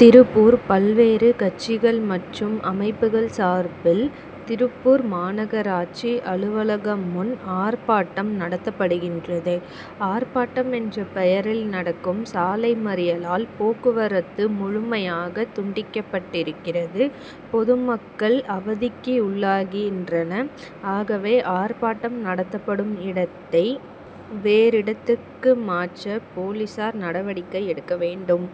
திருப்பூர் பல்வேறு கட்சிகள் மற்றும் அமைப்புகள் சார்பில் திருப்பூர் மாநகராட்சி அலுவலகம் முன் ஆர்ப்பாட்டம் நடத்தப்படுகின்றது. ஆர்ப்பாட்டம் என்ற பெயரில் நடக்கும் சாலை மறியலால் போக்குவரத்து முழுமையாக துண்டிக்கப்படுகிறது பொது மக்கள் அவதிக்குள்ளாகின்றனர். ஆகவே ஆர்ப்பாட்டம் நடத்தப் படும் இடத்தை வேறிடத்துக்கு மாற்ற போலீசார் நடவடிக்கை எடுக்க வேண்டும்.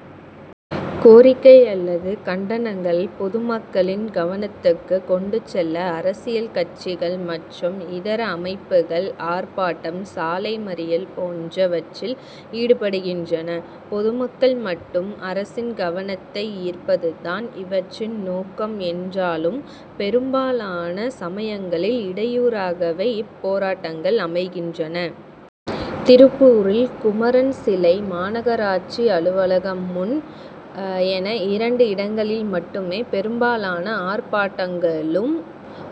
கோரிக்கை அல்லது கண்டனங் களை பொதுமக்களின் கவனத்துக்கு கொண்டு செல்ல அரசியல் கட்சிகள் மற்றும் இதர அமைப்புகள் ஆர்ப் பாட்டம் சாலை மறியல் போன்ற வற்றில் ஈடுபடுகின்றன. பொதுமக்கள் மற்றும் அரசின் கவனத்தை ஈர்ப்பது தான் இவற்றின் நோக்கம் என்றாலும் பெரும்பாலான சமயங்களில் இடையூறாகவே இப்போராட்டங்கள் அமைகின்றன. திருப்பூரில் குமரன் சிலை மாநகராட்சி அலுவலகம் முன் என இரண்டு இடங்களில் மட்டுமே பெரும்பாலான ஆர்ப்பாட்டங்களும்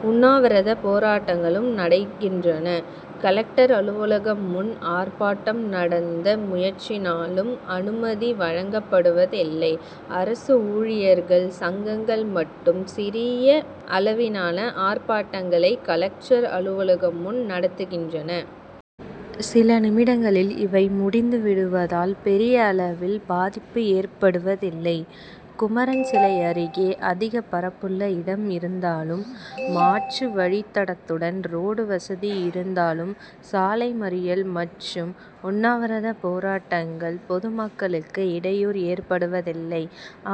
உண்ணாவிரத போராட்டங்களும் நடக்கின்றன. கலெக்டர் அலுவலகம் முன் ஆர்ப்பாட்டம் நடத்த முயன்றாலும் அனுமதி வழங்கப்படுவது இல்லை. அரசு ஊழியர் சங்கங்கள் மட்டும் சிறிய அளவிலான ஆர்ப்பாட்டங்களை கலெக்டர் அலுவலகம் முன் நடத்துகின்றனர். சில நிமிடங்களில் இவை முடிந்து விடுவதால் பெரிய அளவில் பாதிப்பு ஏற்படுவது இல்லை. குமரன் சிலை அருகே அதிக பரப்புள்ள இடம் இருப்பதாலும் மாற்று வழித்தடத்துக்கு ரோடு வசதி இருப்பதாலும் சாலை மறியல் மற்றும் உண்ணாவிரத போராட்டங் களால் பொது மக்களுக்கு இடையூறு ஏற்படுவதில்லை.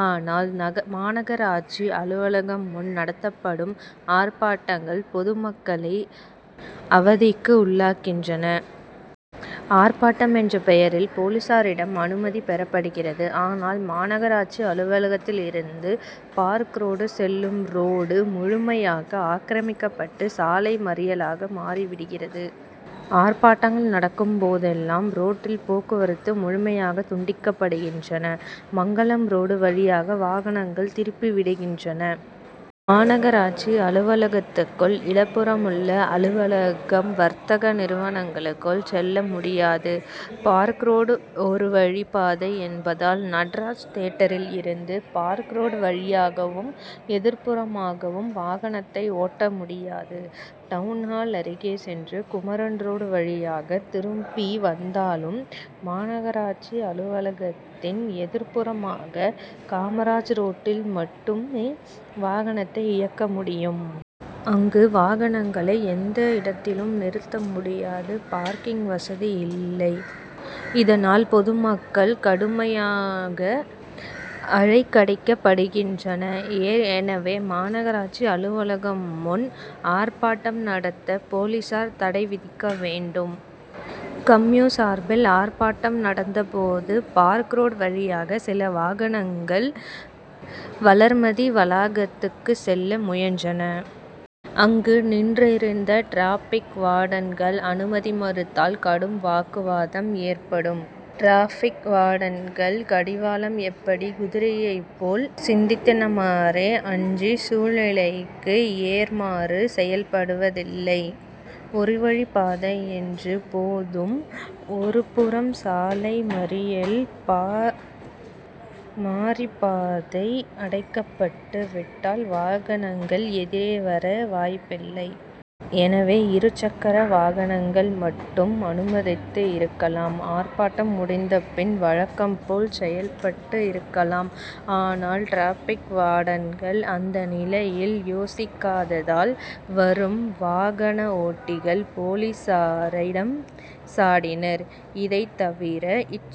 ஆனால் மாநகராட்சி அலுவலகம் முன் நடத்தப்படும் ஆர்ப்பாட்டங்கள் பொதுமக்களை அவதிக்கு உள்ளாக்கு கின்றன. ஆர்ப்பாட்டம் என்ற பெயரில் போலீசாரிடம் அனுமதி பெறப்படுகிறது. ஆனால் மாநக ராட்சி அலுவலகத்தில் இருந்து பார்க் ரோடு செல்லும் ரோடு முழுமையாக ஆக்கிரமிக்கப்பட்டு சாலை மறியலாக மாறி விடுகிறது. ஆர்ப் பாட்டங்கள் நடக்கும் போதெல்லாம் ரோட்டில் போக்குவரத்து முழுமை யாக துண்டிக்கப்படுகின்றன. மங்கலம் ரோடு வழியாக வாகனங்கள் திருப்பி விடப்படுகின்றன. மாநகராட்சி அலுவலகத்துக்கு இடதுபுறமுள்ள அலுவலகங்கள் வர்த்தக நிறுவனங்களுக்குச் செல்ல முடியாது. பார்க் ரோடு ஒரு வழிப்பாதை என்பதால் நடராஜ் தியேட்டரில் இருந்து பார்க் ரோடு வழியாகவும் எதிர்ப்புறமாக வாகனத்தை ஓட்ட முடியாது. டவுன்ஹால் அருகே சென்று குமரன் ரோடு வழியாக திரும்பி வந் தாலும் மாநகராட்சி அலுவலகத்தின் எதிர்ப்புறமாக காமராஜ் ரோட்டில் மட்டும் வாகனத்தை இயக்க முடி யும். அங்கு வாகனங்களை எந்த இடத் திலும் நிறுத்த முடியாது பார்க்கிங் வசதி இல்லை. இதனால் பொதுமக் கள் கடுமையாக அலைக்கழிக்கப்படு கின்றனர். எனவே மாநகராட்சி அலுவல கம் முன் ஆர்ப்பாட்டம் நடத்த போலீசார் தடை விதிக்க வேண்டும். கம்யூ. சார்பில் ஆர்ப்பாட்டம் நடந்த போது பார்க் ரோடு வழியாக சில வாகனங் கள் வளர்மதி வளாகத்துக்கு செல்ல முயன்றன. அங்கு நின்றிருந்த டிராபிக் வார்டன்கள் அனுமதி மறுத்ததால் கடும் வாக்குவாதம் ஏற்பட்டது. டிராபிக் வார்டன்கள் கடிவாளம் இட்ட குதிரையைப் போல் சிந்தித்தனரே அன்றி சூழ் நிலைக்கு ஏற்றவாறு செயல்படவில்லை. ஒரு வழிப்பாதை என்ற போதும் ஒரு புறம் சாலை மறியல் மாறி பாதை அடைக்கப்பட்டு விட்டதால் வாகனங்கள் எதிரே வர வாய்ப்பு இல்லை. எனவே இரு சக்கர வாகனங்களை மட்டும் அனுமதித்து இருக்கலாம். ஆர்ப்பாட்டம் முடிந்த பின் வழக்கம் போல் செயல்பட்டு இருக்கலாம். ஆனால் டிராபிக் வார்டன்கள் அந்த நிலையில் யோசிக்காததால் வரும் வாகன ஓட்டிகள் போலீசாரை சாடி னர். இதைத்தவிர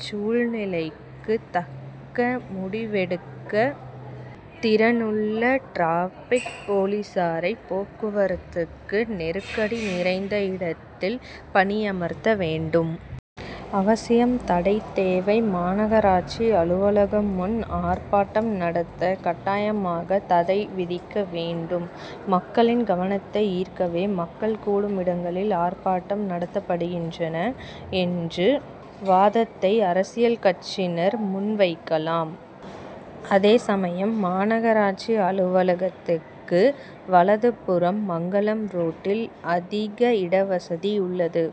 சூழ்நிலைக்கு தக்க முடிவெடுக்கும் திறனுள்ள டிராபிக் போலீசாரை போக்குவரத்து நெருக்கடி நிறைந்த இடங்களில் பணியமர்த்த வேண்டும். அவசியம் தடை தேவை மாநக ராட்சி அலுவலம் முன் ஆர்ப்பாட்டம் நடத்த கட்டாயமாக தடை விதிக்க வேண்டும். மக்களின் கவனத்தை ஈர்க்கவே மக்கள் கூடும் இடங்களில் ஆர்ப்பாட்டம் நடத்தப்படுகிறது என்ற வாதத்தை அரசியல் கட்சியினர் முன்வைக்கலாம். அதேசமயம் மாநகராட்சி அலுவல கத்தின் வலதுபுறம் மங்கலம் ரோட் டில் அதிக இடவசதி உள்ளது.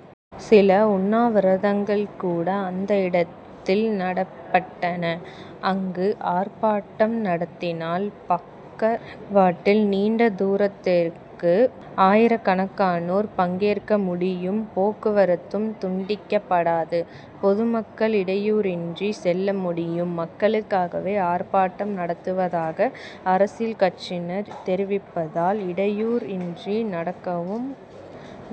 சில உண்ணாவிரதங்கள் கூட அந்த இடத்தில் நடத்தப்பட்டன. அங்கு ஆர்ப்பாட்டம் நடத்தினால் பக்க வாட்டில் நீண்ட தூரத்துக்கு ஆயிரக்கணக்கானோர் பங்கேற்க முடியும் போக்குவரத்தும் துண்டிக்கப் படாது. பொதுமக்கள் இடையூறு இன்றி செல்ல முடியும். மக்களுக்காகவே ஆர்ப்பாட்டம் நடத்துவதாக அரசியல் கட்சியினர் தெரிவிப்பதால் இடையூறு இன்றி நடத்தவும்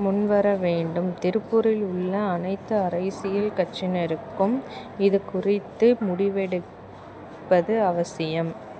முன்வர வேண்டும். திருப்பூரில் உள்ள அனைத்து அரசியல் கட்சியினருக்கும் இதுகுறித்து முடிவெடுப்பது அவசியம்.